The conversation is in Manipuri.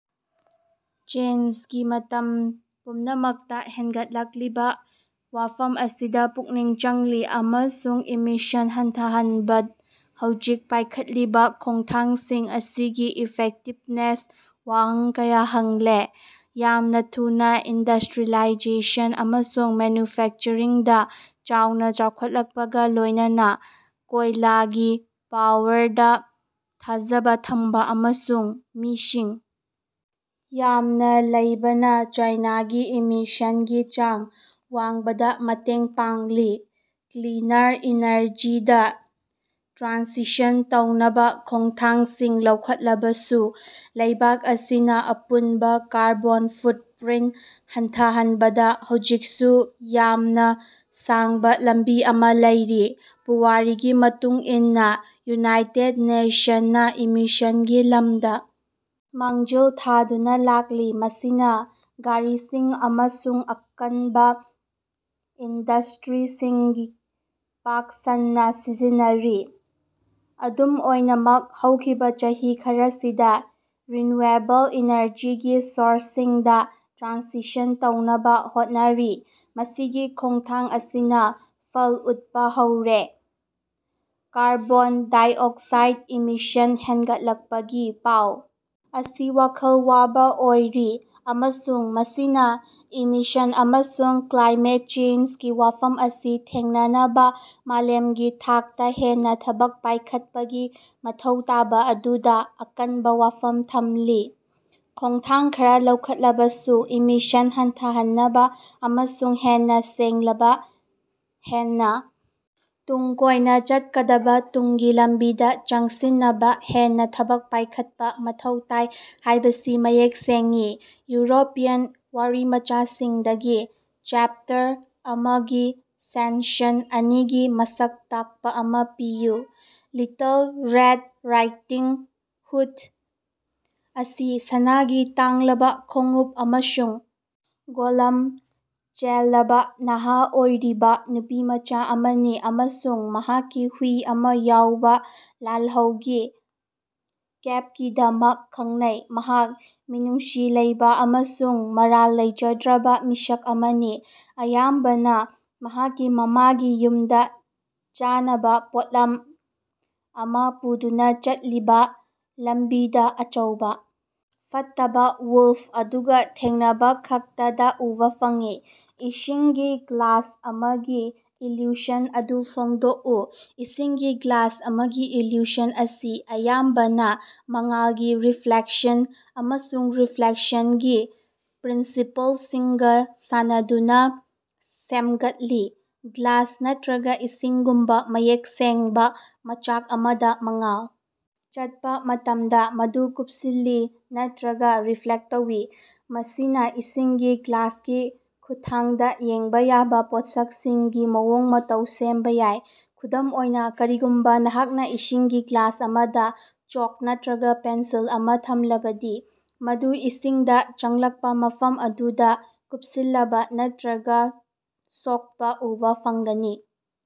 ꯆꯦꯟꯖꯒꯤ ꯃꯇꯝ ꯄꯨꯝꯅꯃꯛꯇ ꯍꯦꯟꯒꯠꯂꯛꯂꯤꯕ ꯋꯥꯐꯝ ꯑꯁꯤꯗ ꯄꯨꯛꯅꯤꯡ ꯆꯪꯂꯤ ꯑꯃꯁꯨꯡ ꯏꯃꯤꯁꯟ ꯍꯟꯊꯍꯟꯕ ꯍꯧꯖꯤꯛ ꯄꯥꯏꯈꯠꯂꯤꯕ ꯈꯣꯡꯊꯥꯡꯁꯤꯡ ꯑꯁꯤꯒꯤ ꯏꯐꯦꯛꯇꯤꯕꯅꯦꯁꯇ ꯋꯥꯍꯪ ꯀꯌꯥ ꯍꯪꯂꯦ꯫ ꯌꯥꯝꯅ ꯊꯨꯅꯥ ꯏꯟꯗꯁꯇ꯭ꯔꯤꯌꯦꯂꯥꯏꯖꯦꯁꯟ ꯑꯃꯁꯨꯡ ꯃꯦꯅ꯭ꯌꯨꯐꯦꯛꯆꯔꯤꯡꯗ ꯆꯥꯎꯅ ꯆꯥꯎꯈꯠꯂꯛꯄꯒ ꯂꯣꯏꯅꯅ ꯀꯣꯏꯂꯥꯒꯤ ꯄꯥꯋꯔꯗ ꯊꯥꯖꯕ ꯊꯝꯕ ꯑꯃꯁꯨꯡ ꯃꯤꯁꯤꯡ ꯌꯥꯝꯅ ꯂꯩꯕꯅ ꯆꯥꯏꯅꯥꯒꯤ ꯏꯃꯤꯁꯟꯒꯤ ꯆꯥꯡ ꯋꯥꯡꯕꯗ ꯃꯇꯦꯡ ꯄꯥꯡꯂꯤ꯫ ꯀ꯭ꯂꯤꯅꯔ ꯏꯅꯔꯖꯤꯗ ꯇ꯭ꯔꯥꯟꯁꯤꯁꯟ ꯇꯧꯅꯕ ꯈꯣꯡꯊꯥꯡꯁꯤꯡ ꯂꯧꯈꯠꯂꯕꯁꯨ ꯂꯩꯕꯥꯛ ꯑꯁꯤꯅ ꯑꯄꯨꯟꯕ ꯀꯥꯔꯕꯣꯟ ꯐꯨꯠꯄ꯭ꯔꯤꯟ ꯍꯟꯊꯍꯟꯕꯗ ꯍꯧꯖꯤꯛꯁꯨ ꯌꯥꯝꯅ ꯁꯥꯡꯕ ꯂꯝꯕꯤ ꯑꯃꯥ ꯂꯩꯔꯤ꯫ ꯄꯨꯋꯥꯔꯤꯒꯤ ꯃꯇꯨꯡ ꯏꯟꯅ ꯌꯨꯅꯥꯏꯇ‌ꯦꯠ ꯅ‌ꯦꯁꯟꯅ ꯏꯃꯤꯁꯟꯒꯤ ꯂꯝꯗ ꯃꯥꯡꯖꯤꯜ ꯊꯥꯗꯨꯅ ꯂꯥꯛꯂꯤ ꯃꯁꯤꯅ ꯒꯥꯔꯤꯁꯤꯡ ꯑꯃꯁꯨꯡ ꯑꯀꯟꯕ ꯏꯟꯗꯁꯇ꯭ꯔꯤꯁꯤꯡ ꯄꯥꯛ ꯁꯟꯅ ꯁꯤꯖꯤꯟꯅꯔꯤ꯫ ꯑꯗꯨꯝ ꯑꯣꯏꯅꯃꯛ ꯍꯧꯈꯤꯕ ꯆꯍꯤ ꯈꯔꯁꯤꯗ ꯔꯤꯅ‍꯭ꯌꯨꯑꯦꯕꯜ ꯏꯅꯔꯖꯤꯒꯤ ꯁꯣꯔꯁꯁꯤꯡꯗ ꯇ꯭ꯔꯥꯟꯁꯤꯁꯟ ꯇꯧꯅꯕ ꯍꯣꯠꯅꯔꯤ ꯃꯁꯤꯒꯤ ꯈꯣꯡꯊꯥꯡ ꯑꯁꯤꯅ ꯐꯜ ꯎꯠꯄ ꯍꯧꯔꯦ꯫ ꯀꯥꯔꯕ‌ꯣꯟ ꯗꯥꯏꯑꯣꯛꯁꯥꯏꯠ ꯏꯃꯤꯁꯟ ꯍꯦꯟꯒꯠꯂꯛꯄꯒꯤ ꯄꯥꯎ ꯑꯁꯤ ꯋꯥꯈꯜ ꯋꯥꯕ ꯑꯣꯏꯔꯤ ꯑꯃꯁꯨꯡ ꯃꯁꯤꯅ ꯏꯃꯤꯁꯟ ꯑꯃꯁꯨꯡ ꯀ꯭ꯂꯥꯏꯃꯦꯠ ꯆꯦꯟꯖꯒꯤ ꯋꯥꯐꯝ ꯑꯁꯤ ꯊꯦꯡꯅꯅꯕ ꯃꯥꯂꯦꯝꯒꯤ ꯊꯥꯛꯇ ꯍꯦꯟꯅ ꯊꯕꯛ ꯄꯥꯏꯈꯠꯄꯒꯤ ꯃꯊꯧ ꯇꯥꯕ ꯑꯗꯨꯗ ꯑꯀꯟꯕ ꯋꯥꯐꯝ ꯊꯝꯂꯤ꯫ ꯈꯣꯡꯊꯥꯡ ꯈꯔ ꯂꯧꯈꯠꯂꯕꯁꯨ ꯏꯃꯤꯁꯟ ꯍꯟꯊꯍꯟꯅꯕ ꯑꯃꯁꯨꯡ ꯍꯦꯟꯅ ꯁꯦꯡꯂꯕ ꯍꯦꯟꯅ ꯇꯨꯡ ꯀꯣꯏꯅ ꯆꯠꯀꯗꯕ ꯇꯨꯡꯒꯤ ꯂꯝꯕꯤꯗ ꯆꯪꯁꯤꯟꯅꯕ ꯍꯦꯟꯅ ꯊꯕꯛ ꯄꯥꯏꯈꯠꯄ ꯃꯊꯧ ꯇꯥꯏ ꯍꯥꯏꯕꯁꯤ ꯃꯌꯦꯛ ꯁꯦꯡꯏ꯫ ꯌꯨꯔꯣꯄꯤꯌꯟ ꯋꯥꯔꯤꯃꯆꯥꯁꯤꯡꯗꯒꯤ ꯆ‌ꯦꯞꯇꯔ ꯑꯃꯒꯤ ꯁꯦꯟꯁꯟ ꯑꯅꯤꯒꯤ ꯃꯁꯛ ꯇꯥꯛꯄ ꯑꯃ ꯄꯤꯌꯨ꯫ ꯂꯤꯇꯜ ꯔꯦꯗ ꯔꯥꯏꯗꯤꯡ ꯍꯨꯗ ꯑꯁꯤ ꯁꯅꯥꯒꯤ ꯇꯥꯡꯂꯕ ꯈꯣꯡꯎꯞ ꯑꯃꯁꯨꯡ ꯒꯣꯂꯝ ꯆꯦꯜꯂꯕ ꯅꯍꯥ ꯑꯣꯏꯔꯤꯕ ꯅꯨꯄꯤꯃꯆꯥ ꯑꯃꯅꯤ ꯑꯃꯁꯨꯡ ꯃꯍꯥꯛꯀꯤ ꯍꯨꯏ ꯑꯃ ꯌꯥꯎꯕ ꯂꯥꯜꯍꯧꯒꯤ ꯀꯦꯞꯀꯤꯗꯃꯛ ꯈꯪꯅꯩ꯫ ꯃꯍꯥꯛ ꯃꯤꯅꯨꯡꯁꯤ ꯂꯩꯕ ꯑꯃꯁꯨꯡ ꯃꯔꯥꯜ ꯂꯩꯖꯗ꯭ꯔꯕ ꯃꯤꯁꯛ ꯑꯃꯅꯤ, ꯑꯌꯥꯝꯕꯅ ꯃꯍꯥꯛꯀꯤ ꯃꯃꯥꯒꯤ ꯌꯨꯝꯗ ꯆꯥꯅꯕ ꯄꯣꯠꯂꯝ ꯑꯃ ꯄꯨꯗꯨꯅ ꯆꯠꯂꯤꯕ, ꯂꯝꯕꯤꯗ ꯑꯆꯧꯕ ꯐꯠꯇꯕ ꯋ‌ꯣꯜꯐ ꯑꯗꯨꯒ ꯊꯦꯡꯅꯕꯈꯛꯇꯗ ꯎꯕ ꯐꯪꯏ꯫ ꯏꯁꯤꯡꯒꯤ ꯒ꯭ꯂꯥꯁ ꯑꯃꯒꯤ ꯏꯜꯌꯨꯁꯟ ꯑꯗꯨ ꯐꯣꯡꯗꯣꯛꯎ꯫ ꯏꯁꯤꯡꯒꯤ ꯒ꯭ꯂꯥꯁ ꯑꯃꯒꯤ ꯏꯜꯌꯨꯁꯟ ꯑꯁꯤ ꯑꯌꯥꯝꯕꯅ ꯃꯉꯥꯜꯒꯤ ꯔꯤꯐ꯭ꯂꯦꯛꯁꯟ ꯑꯃꯁꯨꯡ ꯔꯤꯐ꯭ꯂ‌ꯦꯛꯁꯟꯒꯤ ꯄ꯭ꯔꯤꯟꯁꯤꯄꯜꯁꯤꯡꯒ ꯁꯥꯟꯅꯗꯨꯅ ꯁꯦꯝꯒꯠꯂꯤ꯫ ꯒ꯭ꯂꯥꯁ ꯅꯠꯇ꯭ꯔꯒ ꯏꯁꯤꯡꯒꯨꯝꯕ ꯃꯌꯦꯛ ꯁꯦꯡꯕ ꯃꯆꯥꯛ ꯑꯃꯗ ꯃꯉꯥꯜ ꯆꯠꯄ ꯃꯇꯝꯗ, ꯃꯗꯨ ꯀꯨꯞꯁꯤꯜꯂꯤ ꯅꯠꯇ꯭ꯔꯒ ꯔꯤꯐ꯭ꯂ‌ꯦꯛ ꯇꯧꯏ꯫ ꯃꯁꯤꯅ ꯏꯁꯤꯡꯒꯤ ꯒ꯭ꯂꯥꯁꯀꯤ ꯈꯨꯠꯊꯥꯡꯗ ꯌꯦꯡꯕ ꯌꯥꯕ ꯄꯣꯠꯁꯛꯁꯤꯡꯒꯤ ꯃꯑꯣꯡ-ꯃꯇꯧ ꯁꯦꯝꯕ ꯌꯥꯏ꯫ ꯈꯨꯗꯝ ꯑꯣꯏꯅ, ꯀꯔꯤꯒꯨꯝꯕ ꯅꯍꯥꯛꯅ ꯏꯁꯤꯡꯒꯤ ꯒ꯭ꯂꯥꯁ ꯑꯃꯗ ꯆ‌ꯣꯛ ꯅꯠꯇ꯭ꯔꯒ ꯄꯦꯟꯁꯤꯜ ꯑꯃ ꯊꯝꯂꯕꯗꯤ, ꯃꯗꯨ ꯏꯁꯤꯡꯗ ꯆꯪꯂꯛꯄ ꯃꯐꯝ ꯑꯗꯨꯗ ꯀꯨꯞꯁꯤꯜꯂꯕ ꯅꯠꯇ꯭ꯔꯒ ꯁꯣꯛꯄ ꯎꯕ ꯐꯪꯒꯅꯤ꯫